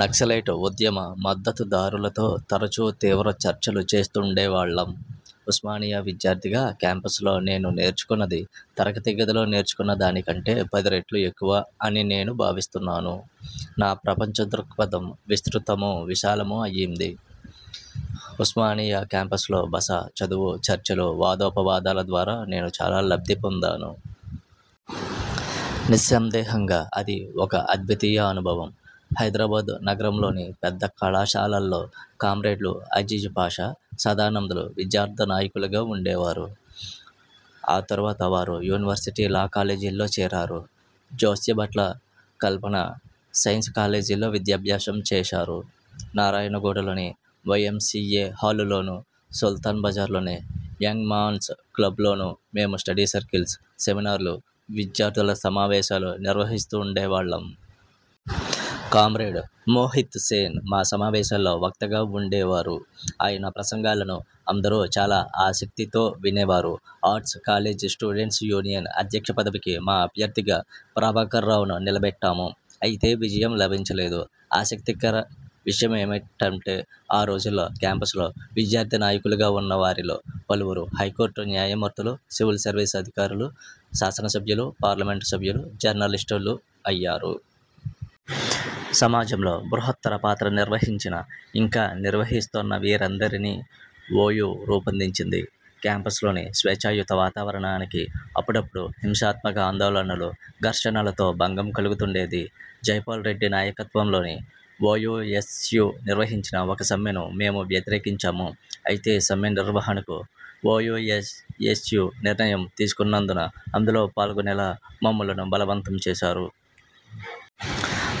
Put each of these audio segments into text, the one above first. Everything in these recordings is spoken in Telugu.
నక్సలైట్ ఉద్యమ మద్దతుదారులతో తరచు తీవ్ర చర్చలు చేస్తుండేవాళ్ళం. ఉస్మానియా విద్యార్థిగా కేంపస్లో నేను నేర్చుకున్నది తరగతి గదిలో నేర్చుకున్న దానికంటే పదిరెట్లు ఎక్కువ అని నేను భావిస్తున్నాను. నా ప్రపంచ దృక్పథం విస్తృతమూ, విశాలమూ అయింది. ఉస్మానియా కేంపస్లో బస, చదువు, చర్చలు, వాదోపవాదాల ద్వారా నేను చాలా లబ్ధి పొందాను. నిస్సందేహంగా అది ఒక అద్వితీయ అనుభవం. హైదరాబాద్ నగరంలోని పెద్ద కళాశాలల్లో కామ్రేడ్లు అజీజ్ పాషా, సదానంద్లు విద్యార్థి నాయకులుగా వుండేవారు. ఆ తరువాత వారు యూనివర్శిటీ లా కాలేజ్లో చేరారు. జోస్యభట్ల కల్పన సైన్స్ కాలేజ్లో విద్యాభ్యాసం చేశారు. నారాయణగూడలోని వైఎంసీఏ హాలులోను, సుల్తాన్ బజార్లోని యంగ్మాన్స్ క్లబ్లోను మేము స్టడీ సర్కిల్స్, సెమినార్లు, విద్యార్థుల సమావేశాలు నిర్వహిస్తుండేవాళ్ళం. కామ్రేడ్ మోహిత్ సేన్ మా సమావేశాలలో వక్తగా వుండేవారు. ఆయన ప్రసంగాలను అందరూ చాలా ఆసక్తితో వినేవారు. ఆర్ట్స్ కాలేజ్ స్టూడెంట్స్ యూనియన్ అధ్యక్ష పదవికి మా అభ్యర్థిగా ప్రభాకరరావును నిలబెట్టాము. అయితే విజయం లభించలేదు. ఆసక్తికర విషయమేమిటంటే ఆ రోజుల్లో కేంపస్లో విద్యార్థి నాయకులుగా ఉన్న వారిలో పలువురు హైకోర్టు న్యాయమూర్తులు, సివిల్ సర్వీస్ అధికారులు, శాసనసభ్యులు, పార్లమెంటు సభ్యులు, జర్నలిస్టులు అయ్యారు. సమాజంలో బృహత్తర పాత్ర నిర్వహించిన, ఇంకా నిర్వహిస్తోన్న వీరందరినీ ఓయూ రూపొందించింది. కేంపస్లోని స్వేచ్ఛాయుత వాతావరణానికి అప్పుడప్పుడూ హింసాత్మక ఆందోళనలు, ఘర్షణలతో భంగం కలుగుతుండేది. జైపాల్ రెడ్డి నాయకత్వంలోని ఓయూఎస్యూ నిర్వహించిన ఒక సమ్మెను మేము వ్యతిరేకించాము. అయితే సమ్మె నిర్వహణకు ఓయూఎస్యూ నిర్ణయం తీసుకున్నందున అందులో పాల్గొనేలా మమ్ములను బలవంతం చేశారు.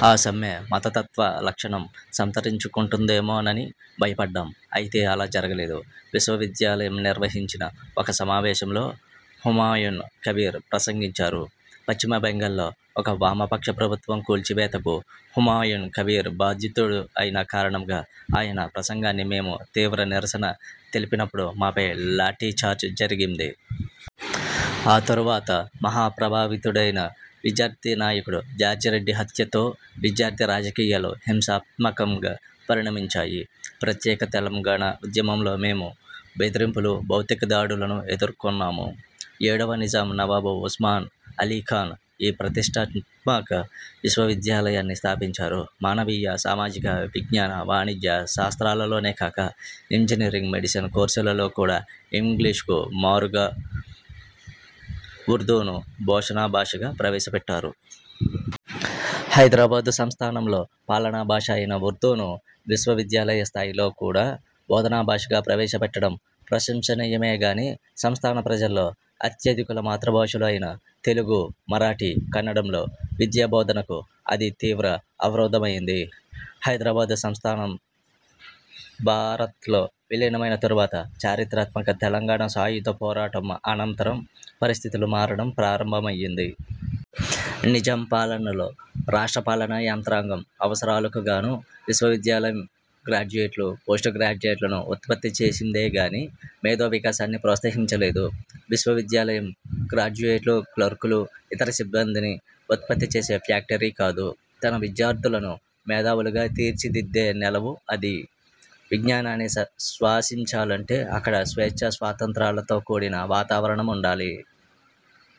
ఆ సమ్మె మతతత్వ లక్షణం సంతరించుకొంటుందేమోనని భయపడ్డాం. అయితే అలా జరగలేదు. విశ్వవిద్యాలయం నిర్వహించిన ఒక సమావేశంలో హుమాయున్ కబీర్ ప్రసంగించారు. పశ్చిమ బెంగాల్లో ఒక వామపక్ష ప్రభుత్వం కూల్చివేతకు హుమాయున్ కబీర్ బాధ్యుడు అయిన కారణంగా ఆయన ప్రసంగానికి మేము తీవ్ర నిరసన తెలిపినప్పుడు మాపై లాఠీచార్జి జరిగింది. ఆ తరువాత, మహాప్రతిభావంతుడైన విద్యార్థినాయకుడు జార్జిరెడ్డి హత్యతో విద్యార్థి రాజకీయాలు హింసాత్మకంగా పరిణమించాయి. ప్రత్యేక తెలంగాణ ఉద్యమంలో మేము బెదిరింపులు, భౌతికదాడులను ఎదుర్కొన్నాము. ఏడవ నిజాం నవాబు ఉస్మాన్ అలీ ఖాన్ ఈ ప్రతిష్ఠాత్మక విశ్వవిద్యాలయాన్ని స్థాపించారు. మానవీయ, సామాజిక, విజ్ఞాన, వాణిజ్య, శాస్త్రాలలోనేకాక ఇంజనీరింగ్ మెడిసిన్ కోర్సులలో కూడా ఇంగ్లీషుకు మారుగా ఉర్దూను బోధనా భాషగా ప్రవేశపెట్టారు. హైదరాబాద్ సంస్థానంలో పాలనా భాష అయిన ఉర్దూను విశ్వవిద్యాలయ స్థాయిలో కూడా బోధనా భాషగా ప్రవేశపెట్టడం ప్రశంసనీయమేగానీ సంస్థానప్రజల్లో అత్యధికుల మాతృభాషలు అయిన తెలుగు, మరాఠీ, కన్నడంలో విద్యాబోధనకు అది తీవ్ర అవరోధమైంది. హైదరాబాద్ సంస్థానం భారత్లో విలీనమైన తరువాత, చరిత్రాత్మక తెలంగాణ సాయుధ పోరాటం అనంతరం పరిస్థితులు మారడం ప్రారంభమయింది. నిజాం పాలనలో రాష్ట్ర పాలనా యంత్రాంగం అవసరాలకుగాను విశ్వవిద్యాలయం గ్రాడ్యుయేట్లు, పోస్ట్ గ్రాడ్యుయేట్లను ఉత్పత్తిచేసిందే గానీ మేధో వికాసాన్ని ప్రోత్సహించలేదు. విశ్వవిద్యాలయం గ్రాడ్యుయేట్లు, క్లర్కులు, ఇతర సిబ్బందిని ఉత్పత్తిచేసే ఫ్యాక్టరీ కాదు. తన విద్యార్థులను మేధావులుగా తీర్చిదిద్దే నెలవు అది. విజ్ఞానాన్ని శ్వాసించాలంటే అక్కడ స్వేచ్ఛా స్వాతంత్ర్యాలతో కూడిన వాతావరణముండాలి.